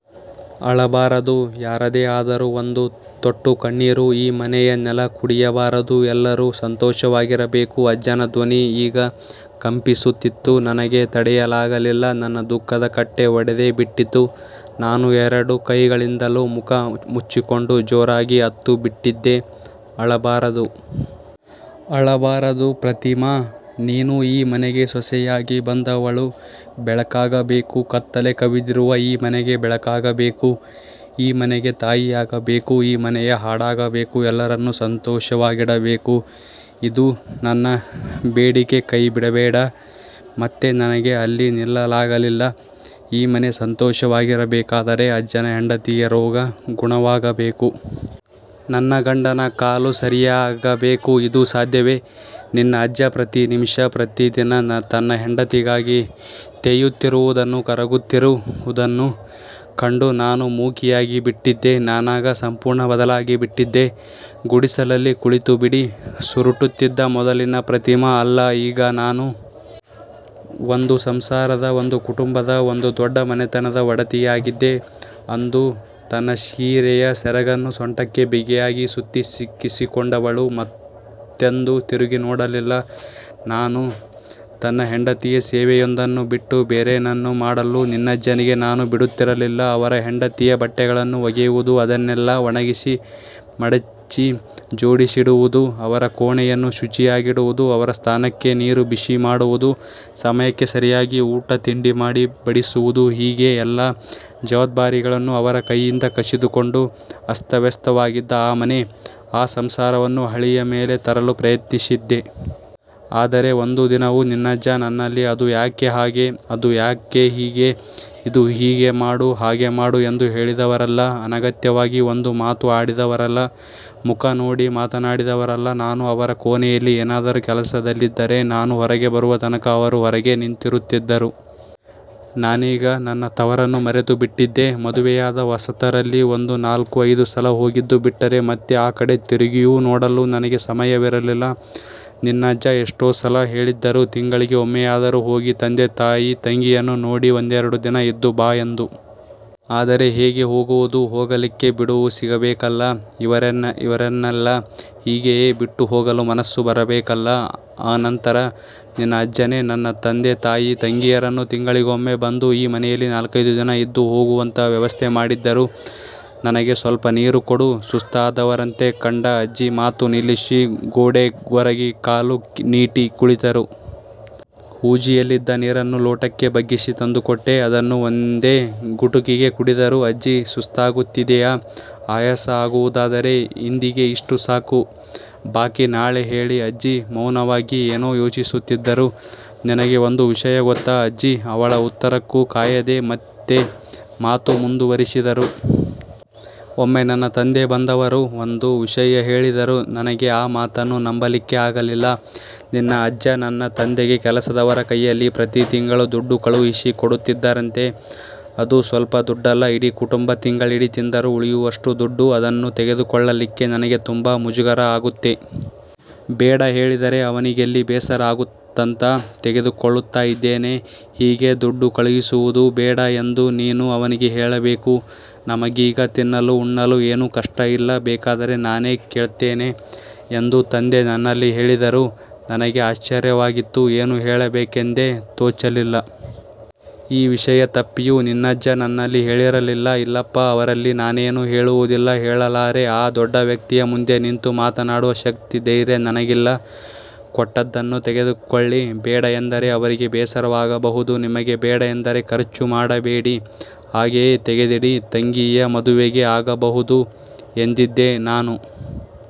ಅಳಬಾರದು, ಯಾರದೇ ಆದರೂ ಒಂದು ತೊಟ್ಟು ಕಣ್ಣೀರು ಈ ಮನೆಯ ನೆಲ ಕುಡಿಯಬಾರದು. ಎಲ್ಲರೂ ಸಂತೋಷವಾಗಿರಬೇಕು. '' ಅಜ್ಜನ ಧ್ವನಿ ಈಗ ಕಂಪಿಸುತ್ತಿತ್ತು. ನನಗೆ ತಡೆಯಲಾಗಲಿಲ್ಲ. ನನ್ನ ದುಃಖದ ಕಟ್ಟೆ ಒಡೆದೇ ಬಿಟ್ಟಿತ್ತು. ನಾನು ಎರಡು ಕೈಗಳಿಂದಲೂ ಮುಖ ಮುಚ್ಚಿಕೊಂಡು ಜೋರಾಗಿ ಅತ್ತು ಬಿಟ್ಟಿದ್ದೆ. ''ಅಳಬಾರದು. ಅಳಬಾರದು ಪ್ರತಿಮಾ. ನೀನು ಈ ಮನೆಗೆ ಸೊಸೆಯಾಗಿ ಬಂದವಳು. ಬೆಳಕಾಗಬೇಕು. ಕತ್ತಲೆ ಕವಿದಿರುವ ಈ ಮನೆಗೆ ಬೆಳಕಾಗಬೇಕು. ಈ ಮನೆಗೆ ತಾಯಿಯಾಗಬೇಕು. ಈ ಮನೆಯ ಹಾಡಾಗಬೇಕು. ಎಲ್ಲರನ್ನೂ ಸಂತೋಷವಾಗಿಡಬೇಕು. ಇದು ನನ್ನ ಬೇಡಿಕೆಕೈಬಿಡಬೇಡ'' ಮತ್ತೆ ನನಗೆ ಅಲ್ಲಿ ನಿಲ್ಲಲಾಗಲಿಲ್ಲ. ಈ ಮನೆ ಸಂತೋಷವಾಗಿರಬೇಕಾದರೆ ಅಜ್ಜನ ಹೆಂಡತಿಯ ರೋಗ ಗುಣವಾಗಬೇಕು. ನನ್ನ ಗಂಡನ ಕಾಲು ಸರಿಯಾಗಬೇಕುಇದು ಸಾಧ್ಯವೇ. ನಿನ್ನ ಅಜ್ಜ ಪ್ರತಿ ನಿಮಿಷ, ಪ್ರತಿ ದಿನ ತನ್ನ ಹೆಂಡತಿಗಾಗಿ ತೇಯುತ್ತಿರುವುದನ್ನು, ಕರಗುತ್ತಿರು ವುದನ್ನು ಕಂಡು ನಾನು ಮೂಕಿಯಾಗಿ ಬಿಟ್ಟಿದ್ದೆ. ನಾನಾಗ ಸಂಪೂರ್ಣ ಬದಲಾಗಿ ಬಿಟ್ಟಿದ್ದೆ. ಗುಡಿಸಲಲ್ಲಿ ಕುಳಿತು ಬೀಡಿ ಸುರುಟುತ್ತಿದ್ದ ಮೊದಲಿನ ಪ್ರತಿಮಾ ಅಲ್ಲ ಈಗ ನಾನು. ಒಂದು ಸಂಸಾರದ, ಒಂದು ಕುಟುಂಬದ, ಒಂದು ದೊಡ್ಡ ಮನೆತನದ ಒಡತಿಯಾಗಿದ್ದೆ. ಅಂದು ತನ್ನ ಸೀರೆಯ ಸೆರಗನ್ನು ಸೊಂಟಕ್ಕೆ ಬಿಗಿಯಾಗಿ ಸುತ್ತಿ ಸಿಕ್ಕಿಸಿಕೊಂಡವಳು ಮತ್ತೆಂದೂ ತಿರುಗಿ ನೋಡಲಿಲ್ಲ ನಾನು. ತನ್ನ ಹೆಂಡತಿಯ ಸೇವೆಯೊಂದನ್ನು ಬಿಟ್ಟು ಬೇರೇನನ್ನೂ ಮಾಡಲು ನಿನ್ನಜ್ಜನಿಗೆ ನಾನು ಬಿಡುತ್ತಿರಲಿಲ್ಲ. ಅವರ ಹೆಂಡತಿಯ ಬಟ್ಟೆಗಳನ್ನು ಒಗೆಯುವುದು, ಅದನ್ನೆಲ್ಲ ಒಣಗಿಸಿ, ಮಡಚಿ ಜೋಡಿಸಿಡುವುದು, ಅವರ ಕೋಣೆಯನ್ನು ಶುಚಿಯಾಗಿಡುವುದು, ಅವರ ಸ್ನಾನಕ್ಕೆ ನೀರು ಬಿಸಿ ಮಾಡುವುದು, ಸಮಯಕ್ಕೆ ಸರಿಯಾಗಿ ಊಟ ತಿಂಡಿ ಮಾಡಿ ಬಡಿಸುವುದುಹೀಗೆ ಎಲ್ಲ ಜವಾಬ್ದಾರಿಗಳನ್ನೂ ಅವರ ಕೈಯಿಂದ ಕಸಿದುಕೊಂಡು ಅಸ್ತವ್ಯಸ್ತವಾಗಿದ್ದ ಆ ಮನೆ, ಆ ಸಂಸಾರವನ್ನು ಹಳಿಯ ಮೇಲೆ ತರಲು ಪ್ರಯತ್ನಿಸಿದ್ದೆ. ಆದರೆ ಒಂದು ದಿನವೂ ನಿನ್ನಜ್ಜ ನನ್ನಲ್ಲಿ ಅದು ಯಾಕೆ ಹಾಗೆ, ಅದು ಯಾಕೆ ಹೀಗೆ. ಇದು ಹೀಗೆ ಮಾಡು- ಹಾಗೆ ಮಾಡು ಎಂದು ಹೇಳಿದವರಲ್ಲ. ಅನಗತ್ಯವಾಗಿ ಒಂದು ಮಾತೂ ಆಡಿದವರಲ್ಲ. ಮುಖ ನೋಡಿ ಮಾತನಾಡಿದವರಲ್ಲ. ನಾನು ಅವರ ಕೋಣೆಯಲ್ಲಿ ಏನಾದರೂ ಕೆಲಸದಲ್ಲಿದ್ದರೆ ನಾನು ಹೊರಗೆ ಬರುವ ತನಕ ಅವರು ಹೊರಗೇ ನಿಂತಿರುತ್ತಿದ್ದರು. ನಾನೀಗ ನನ್ನ ತವರನ್ನು ಮರೆತೇ ಬಿಟ್ಟಿದ್ದೆ. ಮದುವೆಯಾದ ಹೊಸತರಲ್ಲಿ ಒಂದು ನಾಲ್ಕು-ಐದು ಸಲ ಹೋಗಿದ್ದು ಬಿಟ್ಟರೆ ಮತ್ತೆ ಆ ಕಡೆ ತಿರುಗಿಯೂ ನೋಡಲು ನನಗೆ ಸಮಯವಿರಲಿಲ್ಲ. ನಿನ್ನಜ್ಜ ಎಷ್ಟೋ ಸಲ ಹೇಳಿದ್ದರು. ತಿಂಗಳಿಗೆ ಒಮ್ಮೆಯಾದರೂ ಹೋಗಿ ತಂದೆ-ತಾಯಿ-ತಂಗಿಯನ್ನು ನೋಡಿ ಒಂದೆರಡು ದಿನ ಇದ್ದು ಬಾ ಎಂದು. ಆದರೆ ಹೇಗೆ ಹೋಗುವುದು, ಹೋಗಲಿಕ್ಕೆ ಬಿಡುವು ಸಿಗಬೇಕಲ್ಲ. ಇವರನ್ನೆಲ್ಲ ಹೀಗೆಯೇ ಬಿಟ್ಟು ಹೋಗಲು ಮನಸ್ಸು ಬರಬೇಕಲ್ಲ. ಅನಂತರ ನಿನ್ನ ಅಜ್ಜನೇ ನನ್ನ ತಂದೆ-ತಾಯಿ ತಂಗಿಯರನ್ನು ತಿಂಗಳಿಗೊಮ್ಮೆ ಬಂದು ಈ ಮನೆಯಲ್ಲಿ ನಾಲ್ಕೆದು ದಿನ ಇದ್ದು ಹೋಗುವಂತಹ ವ್ಯವಸ್ಥೆ ಮಾಡಿದ್ದರು. ''ನನಗೆ ಸ್ವಲ್ಪನೀರು ಕೊಡು'' ಸುಸ್ತಾದವರಂತೆ ಕಂಡ ಅಜ್ಜಿ ಮಾತು ನಿಲ್ಲಿಸಿ ಗೋಡೆಗೊರಗಿ ಕಾಲು ನೀಟಿ ಕುಳಿತರು. ಹೂಜಿಯಲ್ಲಿದ್ದ ನೀರನ್ನು ಲೋಟಕ್ಕೆ ಬಗ್ಗಿಸಿ ತಂದುಕೊಟ್ಟೆ. ಅದನ್ನು ಒಂದೇ ಗುಟುಕಿಗೆ ಕುಡಿದರು. ''ಅಜ್ಜಿ, ಸುಸ್ತಾಗುತ್ತಿದೆಯಾ? ಆಯಾಸ ಆಗುವು ದಾದರೆ ಇಂದಿಗೆ ಇಷ್ಟು ಸಾಕು. ಬಾಕಿ ನಾಳೆ ಹೇಳಿ'' ಅಜ್ಜಿ ಮೌನವಾಗಿ ಏನೋ ಯೋಚಿಸುತ್ತಿದ್ದರು. ''ನಿನಗೆ ಒಂದು ವಿಷಯ ಗೊತ್ತಾ'' ಅಜ್ಜಿ ಅವಳ ಉತ್ತರಕ್ಕೂ ಕಾಯದೆ ಮತ್ತೆ ಮಾತು ಮುಂದುವರಿಸಿದರು. ಒಮ್ಮೆ ನನ್ನ ತಂದೆ ಬಂದವರು ಒಂದು ವಿಷಯ ಹೇಳಿದರು. ನನಗೆ ಆ ಮಾತನ್ನು ನಂಬಲಿಕ್ಕೆ ಆಗಲಿಲ್ಲ. ನಿನ್ನ ಅಜ್ಜ ನನ್ನ ತಂದೆಗೆ ಕೆಲಸದವರ ಕೈಯಲ್ಲಿ ಪ್ರತಿ ತಿಂಗಳೂ ದುಡ್ಡು ಕಳುಹಿಸಿ ಕೊಡುತ್ತಿದ್ದರಂತೆ. ಅದೂ ಸ್ವಲ್ಪದುಡ್ಡಲ್ಲ ಇಡೀ ಕುಟುಂಬ ತಿಂಗಳಿಡೀ ತಿಂದರೂ ಉಳಿಯುವಷ್ಟು ದುಡ್ಡು! ''ಅದನ್ನು ತೆಗೆದುಕೊಳ್ಳಲಿಕ್ಕೆ ನನಗೆ ತುಂಬಾ ಮುಜುಗರ ಆಗುತ್ತೆ. ಬೇಡ ಹೇಳಿದರೆ ಅವನಿಗೆಲ್ಲಿ ಬೇಸರ ಆಗುತ್ತಾಂತ ತೆಗೆದುಕೊಳ್ಳುತ್ತಾ ಇದ್ದೇನೆ. ಹೀಗೆ ದುಡ್ಡು ಕಳುಹಿಸುವುದು ಬೇಡ ಎಂದು ನೀನು ಅವನಿಗೆ ಹೇಳಬೇಕು. ನಮಗೀಗ ತಿನ್ನಲು ಉಣ್ಣಲು ಏನೂ ಕಷ್ಟ ಇಲ್ಲ. ಬೇಕಾದರೆ ನಾನೇ ಕೇಳ್ತೇನೆ'' ಎಂದು ತಂದೆ ನನ್ನಲ್ಲಿ ಹೇಳಿದರು. ನನಗೆ ಆಶ್ಚರ್ಯವಾಗಿತ್ತು. ಏನು ಹೇಳಬೇಕೆಂದೇ ತೋಚಲಿಲ್ಲ. ಈ ವಿಷಯ ತಪ್ಪಿಯೂ ನಿನ್ನಜ್ಜ ನನ್ನಲ್ಲಿ ಹೇಳಿರಲಿಲ್ಲ. ''ಇಲ್ಲಪ್ಪ, ಅವರಲ್ಲಿ ನಾನೇನೂ ಹೇಳುವುದಿಲ್ಲ. ಹೇಳಲಾರೆ. ಆ ದೊಡ್ಡವ್ಯಕ್ತಿಯ ಮುಂದೆ ನಿಂತು ಮಾತನಾಡುವ ಶಕ್ತಿ, ಧೈರ್ಯ ನನಗಿಲ್ಲ. ಕೊಟ್ಟದ್ದನ್ನು ತೆಗೆದುಕೊಳ್ಳಿ. ಬೇಡ ಎಂದರೆ ಅವರಿಗೆ ಬೇಸರವಾಗಬಹುದು. ನಿಮಗೆ ಬೇಡ ಎಂದರೆ ಖರ್ಚು ಮಾಡಬೇಡಿ. ಹಾಗೆಯೇ ತೆಗೆದಿಡಿ. ತಂಗಿಯ ಮದುವೆಗೆ ಆಗಬಹುದು'' ಎಂದಿದ್ದೆ ನಾನು.